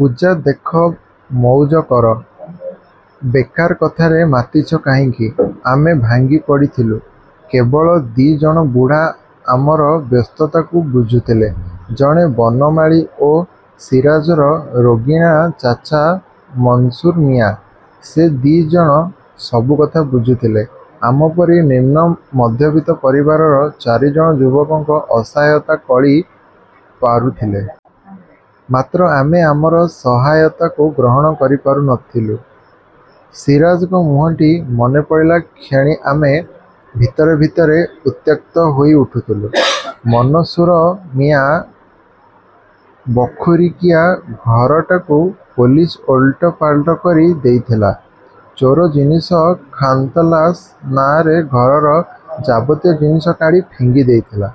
ପୂଜା ଦେଖ, ମଉଜ କର। ବେକାର କଥାରେ ମାତିଛ କାହିଁକି? " ଆମେ ଭାଙ୍ଗିପଡ଼ିଥିଲୁ। କେବଳ ଦି ଜଣ ବୁଢ଼ା ଆମର ବ୍ୟସ୍ତତାକୁ ବୁଝୁଥିଲେ। ଜଣେ ବନମାଳୀ ଓ ସିରାଜର ରୋଗିଣା ଚାଚା ମନସୁର ମିଆଁ। ସେ ଦି ଜଣ ସବୁକଥା ବୁଝୁଥିଲେ। ଆମ ପରି ନିମ୍ନ ମଧ୍ୟବିତ୍ତ ପରିବାରର ଚାରିଜଣ ଯୁବକଙ୍କ ଅସହାୟତା କଳି ପାରୁଥିଲେ। ମାତ୍ର ଆମେ ଆମର ଅସହାୟତାକୁ ଗ୍ରହଣ କରିପାରୁ ନଥିଲୁ। ସିରାଜର ମୁହଁଟି ମନେପଡ଼ିଲା କ୍ଷଣି ଆମେ ଭିତରେ ଭିତରେ ଉତ୍ତ୍ୟକ୍ତ ହୋଇ ଉଠୁଥିଲୁ। ମନସୁର ମିଆଁର ବଖୁରିକିଆ ଘରଟାକୁ ପୁଲିସ ଓଲଟପାଲଟ କରି ଦେଇଥିଲା। ଚୋରା ଜିନିଷ ଖାନତଲାସ ନାଆଁରେ ଘରର ଯାବତୀୟ ଜିନିଷ କାଢ଼ି ଫିଙ୍ଗି ଦେଇଥିଲା।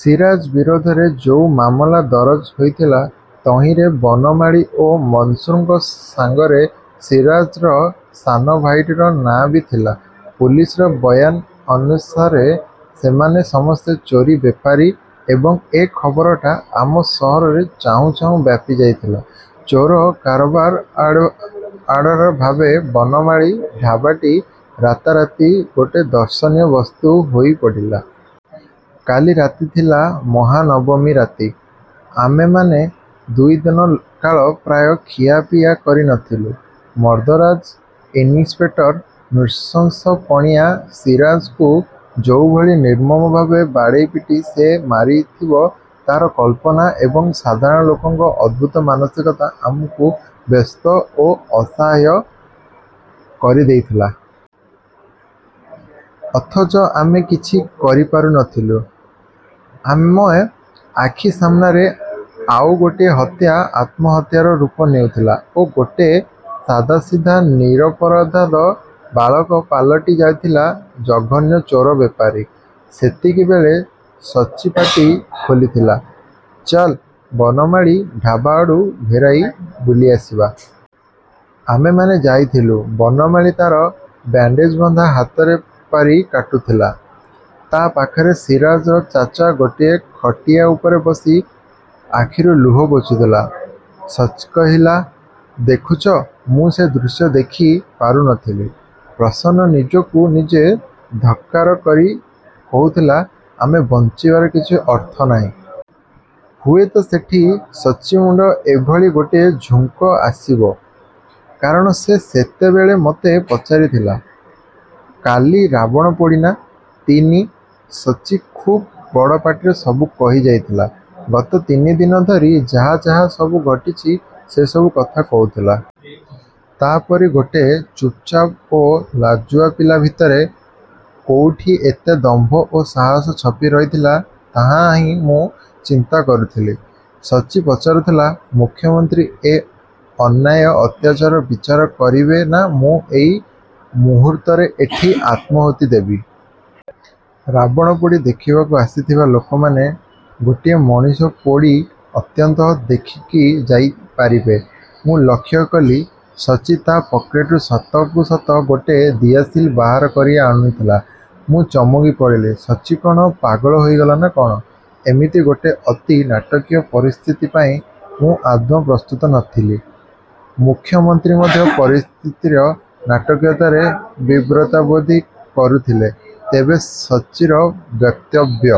ସିରାଜ ବିରୋଧରେ ଯୋଉ ମାମଲା ଦରଜ ହୋଇଥିଲା ତହିଁରେ ବନମାଳୀ ଓ ମନସୁରଙ୍କ ସାଙ୍ଗରେ ସିରାଜର ସାନଭାଇଟିର ନାଁ ବି ଥିଲା। ପୁଲିସର ବୟାନ ଅନୁସାରେ ସେମାନେ ସମସ୍ତେ ଚୋରା ବେପାରୀ! ଏବଂ ଏ ଖବରଟା ଆମ ସହରରେ ଚାହୁଁ ଚାହୁଁ ବ୍ୟାପି ଯାଇଥିଲା। ଚୋରା କାରବାରର ଆଡ୍ଡ଼ା ଭାବେ ବନମାଳୀର ଢାବାଟି ରାତାରାତି ଗୋଟେ ଦର୍ଶନୀୟ ବସ୍ତୁ ହୋଇ ପଡ଼ିଥିଲା। କାଲି ରାତି ଥିଲା ମହାନବମୀ ରାତି। ଆମେମାନେ ଦୁଇଦିନ କାଳ ପ୍ରାୟ ଖିଆପିଆ କରି ନଥିଲୁ। ମର୍ଦ୍ଦରାଜ ଇନିସ୍ପେକ୍ଟରର ନୃଶଂସପଣିଆ, ସିରାଜକୁ ଯୋଉଭଳି ନିର୍ମମ ଭାବରେ ବାଡ଼େଇ ପିଟି ସେ ମାରିଥିବ ତାର କଳ୍ପନା ଏବଂ ସାଧାରଣ ଲୋକଙ୍କ ଅଦ୍ଭୁତ ମାନସିକତା ଆମକୁ ବ୍ୟସ୍ତ ଓ ଅସହାୟ କରିଦେଇଥିଲା। ଅଥଚ ଆମେ କିଛି କରିପାରୁ ନଥିଲୁ। ଆମ ଆଖି ସାମ୍ନାରେ ଆଉ ଗୋଟେ ହତ୍ୟା ଆତ୍ମହତ୍ୟାର ରୂପ ନେଉଥିଲା ଓ ଗୋଟେ ସାଦାସିଧା ନିରପରାଧ ବାଳକ ପାଲଟି ଯାଇଥିଲା ଜଘନ୍ୟ ଚୋରା ବେପାରୀ। ସେତିକିବେଳେ ସଚ୍ଚି ପାଟି ଖୋଲିଥିଲା, "ଚାଲ, ବନମାଳୀ ଢାବା ଆଡୁ ଘେରାଏ ବୁଲିଆସିବା। " ଆମେମାନେ ଯାଇଥିଲୁ। ବନମାଳୀ ତାର ବ୍ୟାଣ୍ଡେଜ୍ ବନ୍ଧା ହାତରେ ପରିବା କାଟୁଥିଲା-। ତା ପାଖରେ ସିରାଜର ଚାଚା ଗୋଟେ ଖଟିଆ ଉପରେ ବସି ଆଖିରୁ ଲୁହ ପୋଛୁଥିଲା-। ସଚ୍ଚି କହିଲା, "ଦେଖୁଛ! " ମୁଁ ସେ ଦୃଶ୍ୟ ଦେଖି ପାରୁନଥିଲି। ପ୍ରସନ୍ନ ନିଜକୁ ନିଜେ ଧିକ୍କାର କରି କହୁଥିଲା, "ଆମର ବଞ୍ଚିବାର କିଛି ଅର୍ଥ ନାହିଁ। " ହୁଏତ ସେଇଠି ସଚ୍ଚି ମୁଣ୍ଡକୁ ଏଭଳି ଗୋଟେ ଝୁଙ୍କ୍ ଆସିଥିବ। କାରଣ ସେ ସେତିକିବେଳେ ମୋତେ ପଚାରିଥିଲା, "କାଲି ରାବଣପୋଡ଼ି ନା? ତିନି। ସଚ୍ଚି ଖୁବ୍ ବଡ଼ ପାଟିରେ ସବୁ କହିଯାଇଥିଲା। ଗତ ତିନି ଦିନ ଧରି ଯାହା ଯାହା ସବୁ ଘଟିଯାଇଛି ସେ ସବୁ କଥା କହୁଥିଲା। ତା ପରି ଗୋଟେ ଚୁପ୍ଚାପ୍ ଓ ଲାଜୁଆ ପିଲା ଭିତରେ କୋଉଠି ଏତେ ଦମ୍ଭ ଓ ସାହସ ଛପି ରହିଥିଲା ତାହାହିଁ ମୁଁ ଚିନ୍ତା କରୁଥିଲି। ସଚ୍ଚି ପଚାରୁଥିଲା, "ମୁଖ୍ୟମନ୍ତ୍ରୀ ଏଇ ଅନ୍ୟାୟ ଅତ୍ୟାଚାରର ବିଚାର କରିବେ ନା ମୁଁ ଏଇ ମୁହୂର୍ତ୍ତରେ ଏଇଠି ଆତ୍ମାହୁତି ଦେବି? ରାବଣପୋଡ଼ି ଦେଖିବାକୁ ଆସିଥିବା ଲୋକମାନେ ଗୋଟିଏ ମଣିଷପୋଡ଼ି ଅନ୍ତତଃ ଦେଖିକି ଯାଇପାରିବେ। " ମୁଁ ଲକ୍ଷ୍ୟ କଲି, ସଚ୍ଚି ତା ପକେଟ୍ରୁ ସତକୁ ସତ ଗୋଟେ ଦିଆସିଲି ବାହାର କରି ଆଣୁଥିଲା। ମୁଁ ଚମକିପଡ଼ିଲି। ସଚ୍ଚି କଣ ପାଗଳ ହୋଇଗଲା ନା କଣ? ଏମିତି ଗୋଟେ ଅତି ନାଟକୀୟ ପରିସ୍ଥିତି ପାଇଁ ମୁଁ ଆଦୌ ପ୍ରସ୍ତୁତ ନଥିଲି। ମୁଖ୍ୟମନ୍ତ୍ରୀ ମଧ୍ୟ ପରିସ୍ଥିତିର ନାଟକୀୟତାରେ ବିବ୍ରତବୋଧ କରୁଥିଲେ। ତେବେ ସଚ୍ଚିର ବକ୍ତବ୍ୟ